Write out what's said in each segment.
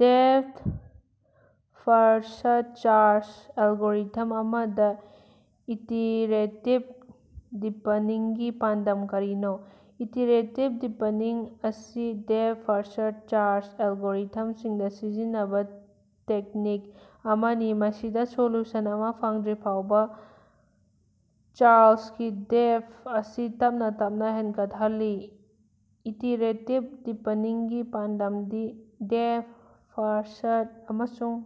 Depth-first search algorithm ꯑꯃꯗ iterative ꯗꯤꯄꯅꯤꯡꯒꯤ ꯄꯥꯟꯗꯝ ꯀꯔꯤꯅꯣ? ꯏꯇꯤꯔꯦꯇꯤꯚ ꯗꯤꯄꯅꯤꯡ ꯑꯁꯤ ꯗꯦꯞꯊ-ꯐꯥꯔꯁ꯭ꯠ ꯁꯥꯔꯆ ꯑꯦꯜꯒꯣꯔꯤꯊꯝꯁꯤꯡꯗ ꯁꯤꯖꯤꯟꯅꯕ ꯇꯦꯛꯅꯤꯛ ꯑꯃꯅꯤ ꯃꯁꯤꯗ ꯁꯣꯂꯨꯁꯟ ꯑꯃ ꯐꯪꯗ꯭ꯔꯤꯐꯥꯎꯕ ꯁꯥꯔꯆꯀꯤ ꯗꯦꯞꯊ ꯑꯁꯤ ꯇꯞꯅ ꯇꯞꯅ ꯍꯦꯟꯒꯠꯍꯜꯂꯤ ꯫ ꯏꯇꯤꯔꯦꯇꯤꯚ ꯗꯤꯄꯅꯤꯡꯒꯤ ꯄꯥꯟꯗꯝꯗꯤ ꯗꯦꯞꯊ-ꯐꯥꯔꯁ꯭ꯠ ꯑꯃꯁꯨꯡ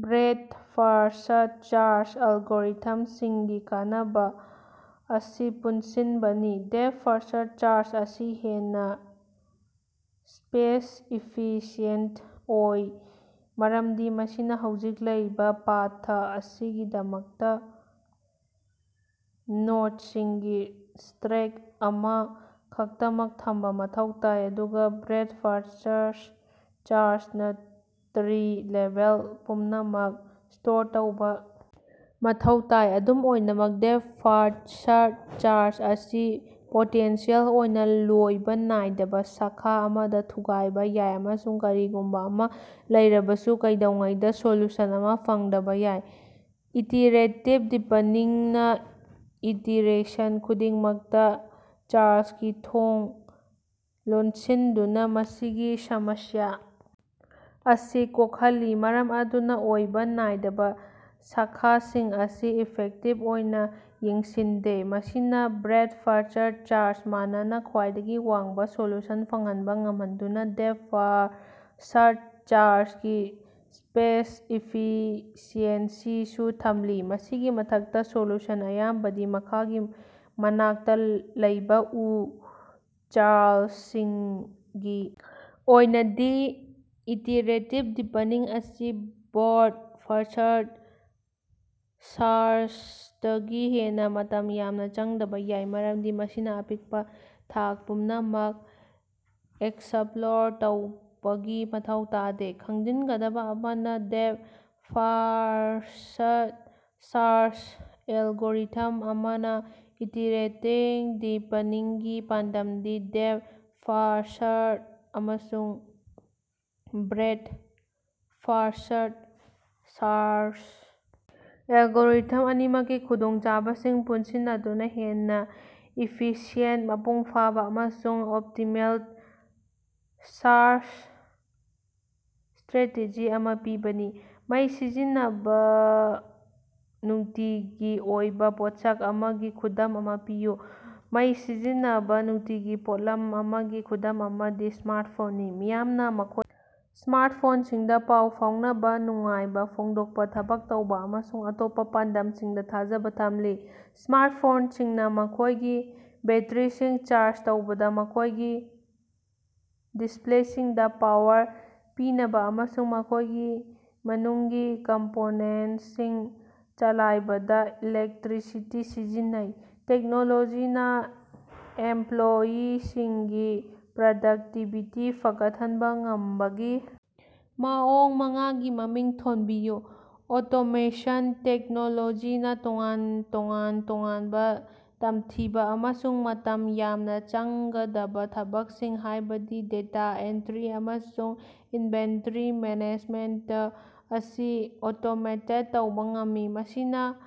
ꯕ꯭ꯔꯦꯗ-ꯐꯥꯔꯁ꯭ꯠ ꯁꯥꯔꯆ ꯑꯦꯜꯒꯣꯔꯤꯊꯝꯁꯤꯡꯒꯤ ꯀꯥꯟꯅꯕ ꯝꯑꯁꯤ ꯄꯨꯟꯁꯤꯟꯕꯅꯤ꯫ ꯗꯦꯞꯊ-ꯐꯔꯁ꯭ꯠ ꯁꯥꯔꯆ ꯑꯁꯤ ꯍꯦꯟꯅ ꯁ꯭ꯄꯦꯁ-ꯏꯐꯤꯁꯤꯑꯦꯟꯇ ꯑꯣꯏ ꯃꯔꯝꯗꯤ ꯃꯁꯤꯅ ꯍꯧꯖꯤꯛ ꯂꯩꯔꯤꯕ ꯄꯥꯊ ꯑꯁꯤꯒꯤꯗꯃꯛꯇ ꯅꯣꯗꯁꯤꯡꯒꯤ ꯁ꯭ꯇꯔꯦꯛ ꯑꯃ ꯈꯛꯇꯃꯛ ꯊꯝꯕ ꯃꯊꯧ ꯇꯥꯏ ꯑꯗꯨꯒ ꯕ꯭ꯔꯦꯗ-ꯐꯥꯔꯁ꯭ꯠ ꯁꯥꯔꯆꯅ ꯇ꯭ꯔꯤ ꯂꯦꯚꯦꯜ ꯄꯨꯝꯅꯃꯛ ꯁ꯭ꯇꯣꯔ ꯇꯧꯕ ꯃꯊꯧ ꯇꯥꯏ꯫ ꯑꯗꯨꯝ ꯑꯣꯏꯅꯃꯛ, ꯗꯦꯞꯊ-ꯐꯥꯔꯁ꯭ꯠ ꯁꯥꯔꯆ ꯑꯁꯤ ꯄꯣꯇꯦꯟꯁꯤꯌꯦꯜ ꯑꯣꯏꯅ ꯂꯣꯏꯕ ꯅꯥꯏꯗꯕ ꯁꯥꯈꯥ ꯑꯃꯗ ꯊꯨꯒꯥꯏꯕ ꯌꯥꯏ ꯑꯃꯁꯨꯡ ꯀꯔꯤꯒꯨꯝꯕ ꯑꯃ ꯂꯩꯔꯕꯁꯨ ꯀꯩꯗꯧꯉꯩꯗ ꯁꯣꯂꯨꯁꯟ ꯑꯃ ꯐꯪꯗꯕ ꯌꯥꯏ꯫ ꯏꯇꯤꯔꯦꯇꯤꯚ ꯗꯤꯄꯅꯤꯡꯅ ꯏꯇꯤꯔꯦꯁꯟ ꯈꯨꯗꯤꯡꯃꯛꯇ ꯁꯥꯔꯆꯀꯤ ꯊꯣꯡ ꯂꯣꯠꯁꯤꯟꯗꯨꯅ ꯃꯁꯤꯒꯤ ꯁꯃꯁ꯭ꯌꯥ ꯑꯁꯤ ꯀꯣꯛꯍꯜꯂꯤ, ꯃꯔꯝ ꯑꯗꯨꯅ ꯂꯣꯏꯕ ꯅꯥꯏꯗꯕ ꯁꯥꯈꯥꯁꯤꯡ ꯑꯁꯤ ꯏꯐꯦꯛꯇꯤꯚ ꯑꯣꯏꯅ ꯌꯦꯡꯁꯤꯟꯗꯦ꯫ ꯃꯁꯤꯅꯥ ꯕ꯭ꯔꯦꯗ-ꯐꯥꯔꯁ꯭ꯠ ꯁꯥꯔꯆꯀ ꯃꯥꯟꯅꯅ ꯈ꯭ꯋꯥꯏꯗꯒꯤ ꯋꯥꯡꯕ ꯁꯣꯂꯨꯁꯟ ꯐꯪꯍꯟꯕ ꯉꯝꯍꯟꯗꯨꯅ ꯗꯦꯞꯊ-ꯐꯥꯔꯁ꯭ꯠ ꯁꯥꯔꯆꯀꯤ ꯁ꯭ꯄꯦꯁ-ꯏꯐꯤꯁꯤꯑꯦꯟꯁꯤꯁꯨ ꯊꯝꯂꯤ꯫ ꯃꯁꯤꯒꯤ ꯃꯊꯛꯇ, ꯁꯣꯂꯨꯁꯟ ꯑꯌꯥꯝꯕꯗꯤ ꯃꯈꯥꯒꯤ ꯃꯅꯥꯛꯇ ꯂꯩꯕ ꯎ ꯁꯥꯔꯆꯁꯤꯡꯒꯤ ꯑꯣꯏꯅꯗꯤ ꯏꯇꯤꯔꯦꯇꯤꯚ ꯗꯤꯄꯅꯤꯡ ꯑꯁꯤ ꯕ꯭ꯔꯣꯗ-ꯐꯔꯁ꯭ꯠ ꯁꯥꯔꯆꯇꯒꯤ ꯍꯦꯟꯅ ꯃꯇꯝ ꯌꯥꯝꯅ ꯆꯪꯗꯕ ꯌꯥꯏ ꯃꯔꯝꯗꯤ ꯃꯁꯤꯅ ꯑꯄꯤꯛꯄ ꯊꯥꯛ ꯄꯨꯝꯅꯃꯛ ꯑꯦꯛꯁꯞꯂꯣꯔ ꯇꯧꯕꯒꯤ ꯃꯊꯧ ꯇꯥꯗꯦ꯫ ꯈꯪꯖꯤꯟꯒꯗꯕ ꯑꯃꯅ ꯗꯦꯞꯊ-ꯐꯥꯔꯁ꯭ꯠ ꯁꯥꯔꯆ ꯑꯦꯜꯒꯣꯔꯤꯊꯝ ꯑꯃꯗ ꯏꯇꯤꯔꯦꯇꯤꯛ ꯗꯤꯄꯅꯤꯡꯒꯤ ꯄꯥꯟꯗꯝꯗꯤ ꯗꯦꯞꯊ-ꯐꯥꯔꯁ꯭ꯠ ꯑꯃꯁꯨꯡ ꯕ꯭ꯔꯦꯗ-ꯐꯥꯔꯁ꯭ꯠ ꯁꯥꯔꯆ ꯑꯦꯜꯒꯣꯔꯤꯊꯝ ꯑꯅꯤꯃꯛꯀꯤ ꯈꯨꯗꯣꯡꯆꯥꯕꯁꯤꯡ ꯄꯨꯟꯁꯤꯟꯅꯗꯨꯅ ꯍꯦꯟꯅ ꯏꯐꯤꯁꯤꯌꯦꯟꯇ, ꯃꯄꯨꯡ ꯐꯥꯕ ꯑꯃꯁꯨꯡ ꯑꯣꯞꯇꯤꯃꯦꯜ ꯁꯥꯔꯆ ꯁ꯭ꯇꯔꯦꯇꯦꯖꯤ ꯑꯃ ꯄꯤꯕꯅꯤ꯫ ꯃꯩ ꯁꯤꯖꯤꯟꯅꯕ ꯅꯨꯡꯇꯤꯒꯤ ꯑꯣꯏꯕ ꯄꯣꯠꯁꯛ ꯑꯃꯒꯤ ꯈꯨꯗꯝ ꯑꯃ ꯄꯤꯌꯨ꯫ ꯃꯩ ꯁꯤꯖꯤꯟꯅꯕ ꯅꯨꯡꯇꯤꯒꯤ ꯄꯣꯠꯂꯝ ꯑꯃꯒꯤ ꯈꯨꯗꯝ ꯑꯃꯗꯤ ꯁ꯭ꯃꯥꯔꯠꯐꯣꯟꯅꯤ꯫ ꯃꯤꯌꯥꯝꯅ ꯃꯈꯣꯏꯒꯤ ꯁ꯭ꯃꯥꯔꯠꯐꯣꯟꯁꯤꯡꯗ ꯄꯥꯎ ꯐꯥꯎꯅꯕ, ꯅꯨꯡꯉꯥꯏꯕ ꯐꯣꯡꯗꯣꯛꯄ, ꯊꯕꯛ ꯇꯧꯕ ꯑꯃꯁꯨꯡ ꯑꯇꯣꯞꯄ ꯄꯥꯟꯗꯝꯁꯤꯡꯗ ꯊꯥꯖꯕ ꯊꯝꯂꯤ꯫ ꯁ꯭ꯃꯥꯔꯠꯐꯣꯟꯁꯤꯡꯅ ꯃꯈꯣꯏꯒꯤ ꯕꯦꯠꯇꯔꯤꯁꯤꯡ ꯆꯥꯔꯖ ꯇꯧꯕꯗ, ꯃꯈꯣꯢꯒꯤ ꯗꯤꯁꯄ꯭ꯂꯦꯁꯤꯡꯗ ꯄꯥꯋꯔ ꯄꯤꯅꯕ ꯑꯃꯁꯨꯡ ꯃꯈꯣꯢꯒꯤ ꯃꯅꯨꯡꯒꯤ ꯀꯝꯄꯣꯅꯦꯟꯇꯁꯤꯡ ꯆꯂꯥꯏꯕꯗ ꯏꯂꯦꯛꯇ꯭ꯔꯤꯁꯤꯇꯤ ꯁꯤꯖꯤꯟꯅꯩ꯫ ꯇꯦꯛꯅꯣꯂꯣꯖꯤꯅ ꯑꯦꯝꯄ꯭ꯂꯣꯌꯤꯁꯤꯡꯒꯤ ꯄ꯭ꯔꯗꯛꯇꯤꯕꯤꯇꯤ ꯐꯒꯠꯍꯟꯕ ꯉꯝꯕꯒꯤ ꯃꯑꯣꯡ ꯃꯉꯥꯒꯤ ꯃꯃꯤꯡ ꯊꯣꯟꯕꯤꯌꯨ꯫ ꯑꯣꯇꯣꯃꯦꯁꯟ: ꯇꯦꯛꯅꯣꯂꯣꯖꯤꯅ ꯇꯣꯉꯥꯟ ꯇꯣꯉꯥꯟ-ꯇꯣꯉꯥꯟꯕ ꯇꯝꯊꯤꯕ ꯑꯃꯁꯨꯡ ꯃꯇꯝ ꯌꯥꯝꯅ ꯆꯪꯒꯗꯕ ꯊꯕꯛꯁꯤꯡ, ꯍꯥꯏꯕꯗꯤ ꯗꯦꯇꯥ ꯑꯦꯟꯇ꯭ꯔꯤ ꯑꯃꯁꯨꯡ ꯏꯟꯚꯦꯟꯇꯔꯤ ꯃꯦꯅꯦꯖꯃꯦꯟꯇ ꯑꯁꯤ ꯑꯣꯇꯣꯃꯦꯇꯦꯗ ꯇꯧꯕ ꯉꯝꯃꯤ, ꯃꯁꯤꯅ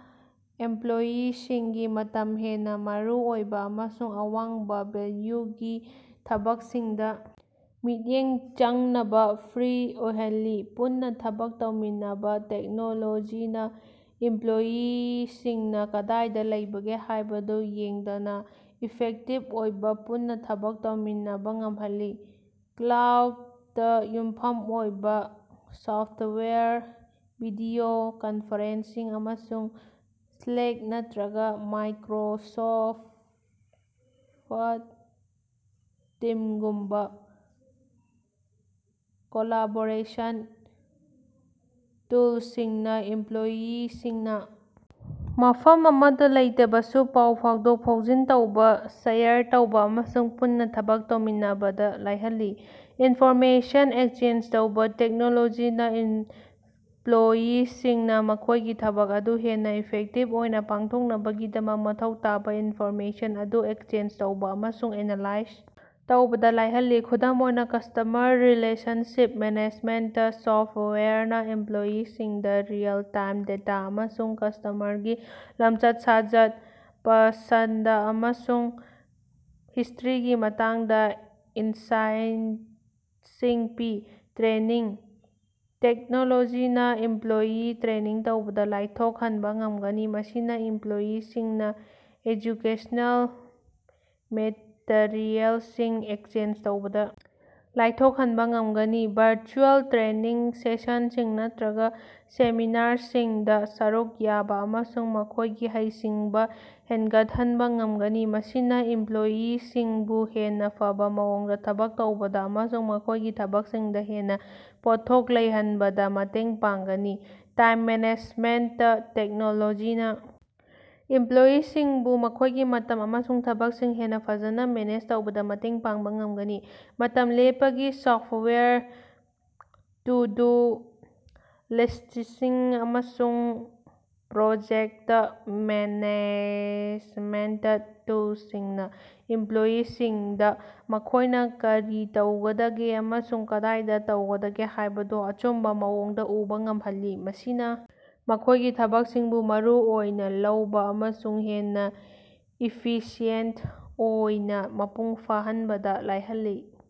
ꯑꯦꯝꯄ꯭ꯂꯣꯌꯤꯁꯤꯡꯒꯤ ꯃꯇꯝ ꯍꯦꯟꯅ ꯃꯔꯨꯑꯣꯏꯕ ꯑꯃꯁꯨꯡ ꯑꯋꯥꯡꯕ ꯚꯦꯜꯌꯨꯒꯤ ꯊꯕꯛꯁꯤꯡꯗ ꯃꯤꯠꯌꯦꯡ ꯆꯪꯅꯕ ꯐ꯭ꯔꯤ ꯑꯣꯏꯍꯜꯂꯤ꯫ ꯄꯨꯟꯅ ꯊꯕꯛ ꯇꯧꯃꯤꯟꯅꯕ: ꯇꯦꯛꯅꯣꯂꯣꯖꯤꯅ ꯏꯝꯄ꯭ꯂꯣꯌꯤꯁꯤꯡꯅ ꯀꯗꯥꯏꯗ ꯂꯩꯕꯒꯦ ꯍꯥꯏꯕꯗꯨ ꯌꯦꯡꯗꯅ ꯏꯐꯦꯛꯇꯤꯚ ꯑꯣꯏꯕ ꯄꯨꯟꯅ ꯊꯕꯛ ꯇꯧꯃꯤꯟꯅꯕ ꯉꯝꯍꯜꯂꯤ꯫ ꯀ꯭ꯂꯥꯎꯗꯇ ꯌꯨꯝꯐꯝ ꯑꯣꯏꯕ ꯁꯣꯐꯇꯋꯥꯌꯔ, ꯚꯤꯗꯤꯑꯣ ꯀꯟꯐꯔꯦꯟꯁꯤꯡ ꯑꯃꯁꯨꯡ ꯁ꯭ꯂꯦꯛ ꯅꯠꯇ꯭ꯔꯒ ꯃꯥꯏꯀ꯭ꯔꯣꯁꯣꯐꯠ ꯇꯤꯝꯒꯨꯝꯕ ꯀꯣꯂꯥꯕꯣꯔꯦꯁꯟ ꯇꯨꯜꯁꯤꯡꯅ ꯏꯝꯄ꯭ꯂꯣꯌꯤꯁꯤꯡꯅ ꯃꯐꯝ ꯑꯃꯗ ꯂꯩꯇꯕꯁꯨ ꯄꯥꯎ ꯐꯥꯎꯗꯣꯛ-ꯐꯥꯎꯖꯤꯟ ꯇꯧꯕ, ꯁꯦꯌꯔ ꯇꯧꯕ ꯑꯃꯁꯨꯡ ꯄꯨꯟꯅ ꯊꯕꯛ ꯇꯧꯃꯤꯟꯅꯕꯗ ꯂꯥꯏꯍꯜꯂꯤ꯫ ꯏꯟꯐꯣꯔꯃꯦꯁꯟ ꯑꯦꯛꯁꯦꯁ ꯇꯧꯕ: ꯇꯦꯛꯅꯣꯂꯣꯖꯤꯅ ꯏꯝꯄ꯭ꯂꯣꯌꯤꯁꯤꯡꯅ ꯃꯈꯣꯏꯒꯤ ꯊꯕꯛ ꯑꯗꯨ ꯍꯦꯟꯅ ꯏꯐꯦꯛꯇꯤꯚ ꯑꯣꯏꯅ ꯄꯥꯡꯊꯣꯛꯅꯕꯒꯤꯗꯃꯛ ꯃꯊꯧ ꯇꯥꯕ ꯏꯟꯐꯣꯔꯃꯦꯁꯟ ꯑꯗꯨ ꯑꯦꯛꯁꯦꯁ ꯇꯧꯕ ꯑꯃꯁꯨꯡ ꯑꯦꯅꯥꯂꯥꯏꯖ ꯇꯧꯕꯗ ꯂꯥꯏꯍꯜꯂꯤ꯫ ꯈꯨꯗꯝ ꯑꯣꯏꯅ, ꯀꯁꯇꯃꯔ ꯔꯤꯂꯦꯁꯟꯁꯤꯞ ꯃꯦꯅꯦꯖꯃꯦꯟꯇ ꯁꯣꯐꯇꯋꯥꯌꯔꯅ ꯏꯝꯄ꯭ꯂꯣꯌꯤꯁꯤꯡꯗ ꯔꯤꯑꯦꯜ-ꯇꯥꯏꯝ ꯗꯦꯇꯥ ꯑꯃꯁꯨꯡ ꯀꯁꯇꯃꯔꯒꯤ ꯂꯝꯆꯠ-ꯁꯥꯖꯠ, ꯄꯁꯟꯗ ꯑꯃꯁꯨꯡ ꯍꯤꯁꯇ꯭ꯔꯤꯒꯤ ꯃꯇꯥꯡꯗ ꯏꯟꯁꯥꯏꯇꯁꯤꯡ ꯄꯤ꯫ ꯇ꯭ꯔꯦꯅꯤꯡ: ꯇꯦꯛꯅꯣꯂꯣꯖꯤꯅ ꯏꯝꯄ꯭ꯂꯣꯌꯤ ꯇ꯭ꯔꯦꯅꯤꯡ ꯇꯧꯕꯗ ꯂꯥꯏꯊꯣꯛꯍꯟꯕ ꯉꯝꯒꯅꯤ, ꯃꯁꯤꯅ ꯏꯝꯄ꯭ꯂꯣꯌꯤꯁꯤꯡꯅ ꯑꯦꯖꯨꯀꯦꯁꯅꯦꯜ ꯃꯦꯇꯔꯤꯑꯦꯜꯁꯤꯡ ꯑꯦꯛꯁꯦꯁ ꯇꯧꯕꯗ ꯂꯥꯏꯊꯣꯛꯍꯟꯕ ꯉꯝꯒꯅꯤ, ꯚꯔꯆꯨꯑꯦꯜ ꯇ꯭ꯔꯦꯅꯤꯡ ꯁꯦꯁꯟꯁꯤꯡ ꯅꯠꯇ꯭ꯔꯒ ꯁꯦꯃꯤꯅꯥꯔꯁꯤꯡꯗ ꯁꯔꯨꯛ ꯌꯥꯕ ꯑꯃꯁꯨꯡ ꯃꯈꯣꯏꯒꯤ ꯍꯩꯁꯤꯡꯕ ꯍꯦꯅꯒꯠꯍꯟꯕ ꯉꯝꯒꯅꯤ ꯫ ꯃꯁꯤꯅ ꯏꯝꯄ꯭ꯂꯣꯌꯤꯁꯤꯡꯕꯨ ꯍꯦꯟꯅ ꯐꯕ ꯃꯑꯣꯡꯗ ꯊꯕꯛ ꯇꯧꯕꯗ ꯑꯃꯁꯨꯡ ꯃꯈꯣꯢꯒꯤ ꯊꯕꯛꯁꯤꯡꯗ ꯍꯦꯟꯅ ꯄꯣꯠꯊꯣꯛ ꯂꯩꯍꯟꯕꯗ ꯃꯇꯦꯡ ꯄꯥꯡꯒꯅꯤ꯫ ꯇꯥꯏꯝ ꯃꯦꯅꯦꯖꯃꯦꯟꯇ: ꯇꯦꯛꯅꯣꯂꯣꯖꯤꯅ ꯏꯝꯄ꯭ꯂꯣꯌꯤꯁꯤꯡꯕꯨ ꯃꯈꯣꯏꯒꯤ ꯃꯇꯝ ꯑꯃꯁꯨꯡ ꯊꯕꯛꯁꯤꯡ ꯍꯦꯟꯅ ꯐꯖꯅ ꯃꯦꯅꯦꯖ ꯇꯧꯕꯗ ꯃꯇꯦꯡ ꯄꯥꯡꯕ ꯉꯝꯒꯅꯤ꯫ ꯃꯇꯝ ꯂꯦꯞꯄꯒꯤ ꯁꯣꯐꯇꯋꯥꯌꯔ, ꯇꯨ-ꯗꯨ-ꯂꯤꯁ꯭ꯇꯁꯤꯡ ꯑꯃꯁꯨꯡ ꯄ꯭ꯔꯣꯖꯦꯛꯇ ꯃꯦꯅꯦꯖꯃꯦꯟꯇ ꯇꯨꯜꯁꯤꯡꯅ ꯏꯝꯄ꯭ꯂꯣꯌꯤꯁꯤꯡꯗ ꯃꯈꯣꯏꯅ ꯀꯔꯤ ꯇꯧꯒꯗꯒꯦ ꯑꯃꯁꯨꯡ ꯀꯗꯥꯏꯗ ꯇꯧꯒꯗꯒꯦ ꯍꯥꯏꯕꯗꯨ ꯑꯆꯨꯝꯕ ꯃꯑꯣꯡꯗ ꯎꯕ ꯉꯝꯍꯜꯂꯤ, ꯃꯁꯤꯅ ꯃꯈꯣꯏꯒꯤ ꯊꯕꯛꯁꯤꯡꯕꯨ ꯃꯔꯨꯑꯣꯏꯅ ꯂꯧꯕ ꯑꯃꯁꯨꯡ ꯍꯦꯟꯅ ꯏꯐꯤꯁꯤꯑꯦꯟꯇ ꯑꯣꯏꯅ ꯃꯄꯨꯡ ꯐꯥꯍꯟꯕꯗ ꯂꯥꯏꯍꯜꯂꯤ꯫